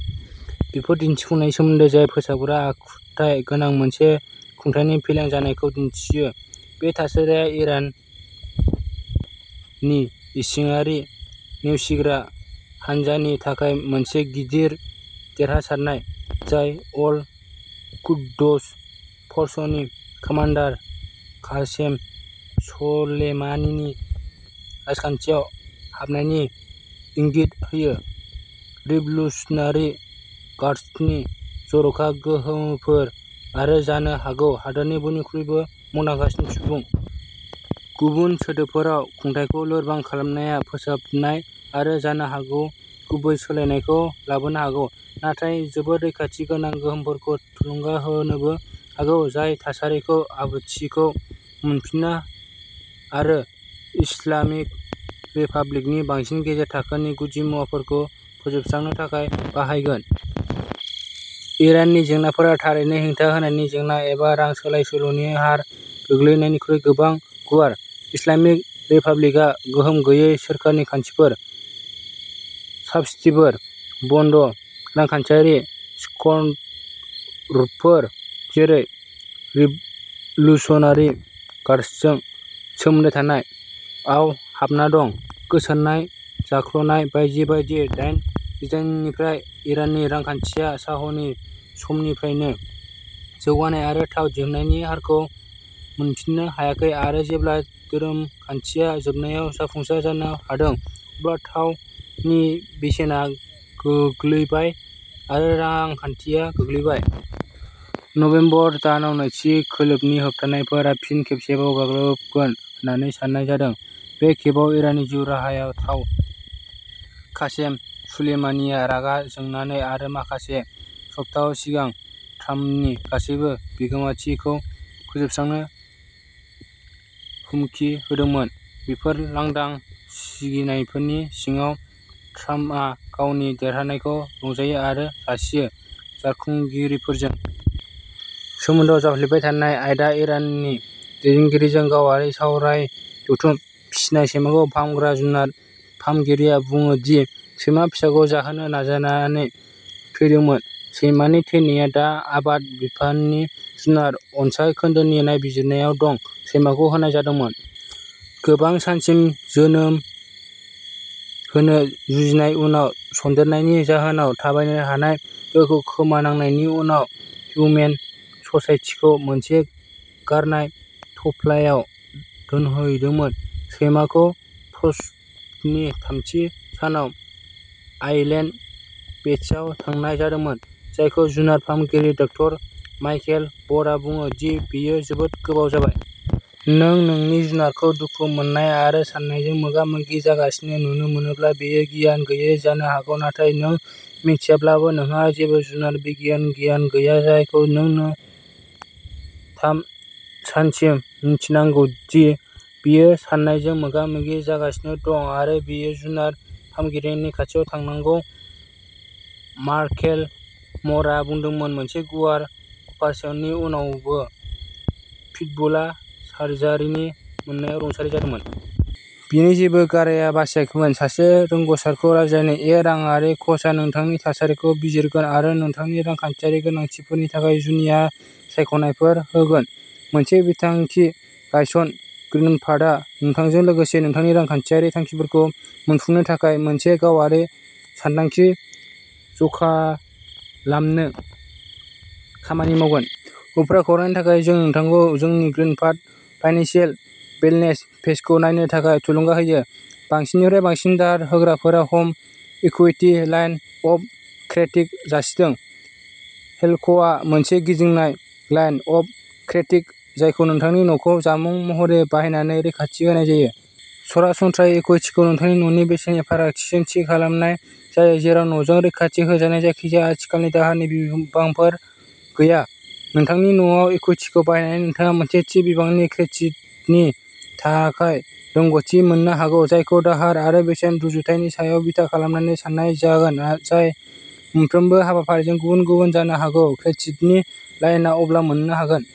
बेफोर दिन्थिफुंनायनि सोमोन्दै जाय फोसाबग्रा आखुथाय गोनां मोनसे खुंथायनि फेलें जानायखौ दिन्थियो। बे थासारिया इराननि इसिङारि नेवसिग्रा हान्जानि थाखाय मोनसे गिदिर देरहासारनाय। जाय अल-कुद्स फर्सनि कामान्डार कासेम स'लेमानिनि राजखान्थियाव हाबनायनि इंगित होयो। रिभलुशनारि गार्ड्सनि जर'खा गोहोफोर आरो जानो हागौ हादोरनि बयनिख्रुइबो मुंदांखासिन सुबुं। गुबुन सोदोबफोराव खुंथायखौ लोरबां खालामनाया फोसाबनाय आरो जानो हागौ गुबै सोलायनायखौ लाबोनो हागौ। नाथाय जोबोद रैखाथि गोनां गोहोमफोरखौ थुलुंगा होनोबो हागौ जाय थासारिखौ "आब्रुथिखौ मोनफिननो" आरो इस्लामिक रिपाब्लिकनि बांसिन गेजेर थाखोनि गुदिमुवाफोरखौ फोजोबस्रांनो थाखाय बाहायगोन। इराननि जेंनाफोरा थारैनो हेंथा होनायनि जेंना एबा रां सोलायसोल'नि हार गोग्लैनायनिख्रुइ गोबां गुवार। इस्लामिक रिपाब्लिकआ गोहोम गैयै सोरखारनि खान्थिफोर, साब्सिडीफोर, बन्द रांखान्थियारि स्कनरफोर, जेरै रिभलुशनारि गार्ड्सजों सोमोन्दो थानाय, आव हाबना दं। गोसारनाय जाख्लनाय बायदि बायदि दाइन जिथाइनिफ्राय इराननि रांखान्थिया शाहनि समनिफ्रायनो जौगानाय आरो थाव दिहुन्नायनि हारखौ मोनफिननो हायाखै आरो जेब्ला धोरोमखान्थिया जोबनायाव जाफुंसार जानो हादों अब्ला थावनि बेसेना गोग्लैबाय आरो रांखान्थिया गोग्लैबाय। नबेम्बर दानाव नैथि खोलोबनि होबथानायफोरा फिन खेबसेबाव गाग्लोबगोन होननानै साननाय जादों। बे खेबाव इराननि जिउ राहायाव थाव। कासेम सुलेमानीआ रागा जोंनानै आरो माखासे सप्ताह सिगां "ट्राम्पनि गासैबो बिगोमाथि" खौ फोजोबस्रांनो हुमखि होदोंमोन। बेफोर लांदां सिगिनायफोरनि सिङाव ट्राम्पआ गावनि देरहानायखौ रंजायो आरो जासियो। जारखुंगिरिफोरजों सोमोन्दोआव जाफ्लेबाय थानाय आयदा इराननि दैदेनगिरिजों गावारि सावराय जथुम। फिसिनाय सैमाखौ फाहामग्रा जुनार फाहामगिरिया बुङो दि सैमा फिसाखौ जाहोनो नाजानानै थैदोंमोन। सैमानि थैनाया दा आबाद बिफाननि जुनार अनसाइ खोन्दोनि नायबिजिरनायाव दं। सैमाखौ होनाय जादोंमोन। गोबां सानसिम जोनोम होनो जुजिनाय उनाव सन्देरनायनि जाहोनाव थाबायनो हानाय गोहोखौ खोमानांनायनि उनाव हिउमेन ससाइटिखौ मोनसे गारनाय थफ्लायाव दोनहैदोंमोन। सैमाखौ प्रसनि थामथि सानाव आइलेन्ड भेटसआव थांनाय जादोंमोन, जायखौ जुनार फाहामगिरि डाक्टर मायकेल ब'रा बुङो दि बेयो जोबोद गोबाव जाबाय। नों नोंनि जुनारखौ दुखु मोननाय आरो साननायजों मोगा-मोगि जागासिनो नुनो मोनोब्ला बेयो गियान गैयै जानो हागौ नाथाय नों मिथियाब्लाबो नोंहा जेबो जुनार बिगियान गियान गैया जायखौ नों नो थाम सानसिम मिन्थिनांगौ दि बेयो साननायजों मोगा-मोगि जागासिनो दं आरो बेयो जुनार फाहामगिरिनि खाथियाव थांनांगौ मार्केल म'रा बुंदोंमोन मोनसे गुवार अपारेसननि उनावबो पिटबुलआ सार्जारिनि मोननायाव रुंसारि जादोंमोन। बिनि जेबो गारायआ बासियाखैमोन। सासे रोंग'सारजों रायज्लायो ए राङारि क'चआ नोंथांनि थासारिखौ बिजिरगोन आरो नोंथांनि रांखान्थियारि गोनांथिफोरनि थाखाय जुनिया सायख'नायफोर होगोन। मोनसे बिथांखि गायसन ग्रीनपाथआ नोंथांजों लोगोसे नोंथांनि रांखान्थियारि थांखिफोरखौ मोनफुंनो थाखाय मोनसे गावारि सानदांखि ज'खालामनो खामानि मावगोन। उफ्रा खौरांनि थाखाय जों नोंथांखौ जोंनि ग्रीनपाथ फाइनेन्सियेल वेलनेस पेजखौ नायनो थाखाय थुलुंगा होयो। बांसिननिफ्राय बांसिन दाहार होग्राफोरा home equity line of credit जासिदों। हेलकआ मोनसे गिदिंनाय लाइन अफ क्रेटिक जायखौ नोंथांनि न'खौ जामुं महरै बाहायनानै रैखाथि होनाय जायो। सरासनस्रायै इकुइटिखौ नोंथांनि न'नि बेसेननि फारागथिजों थि खालामनाय जायो जेराव न'जों रैखाथि होजानाय जायखिजाया आथिखालनि दाहारनि बिबांफोर गैया। नोंथांनि न'आव इकुइटिखौ बाहायनानै नोंथाङा मोनसे थि बिबांनि क्रेटिकनि थाखाय रोंग'थि मोननो हागौ। जायखौ दाहार आरो बेसेन रुजुथायनि सायाव बिथा खालामनानै सान्नाय जागोन जाय मोनफ्रोमबो हाबाफारिजों गुबुन-गुबुन जानो हागौ। क्रेटिकनि लाइनआ अब्ला मोन्नो हागोन।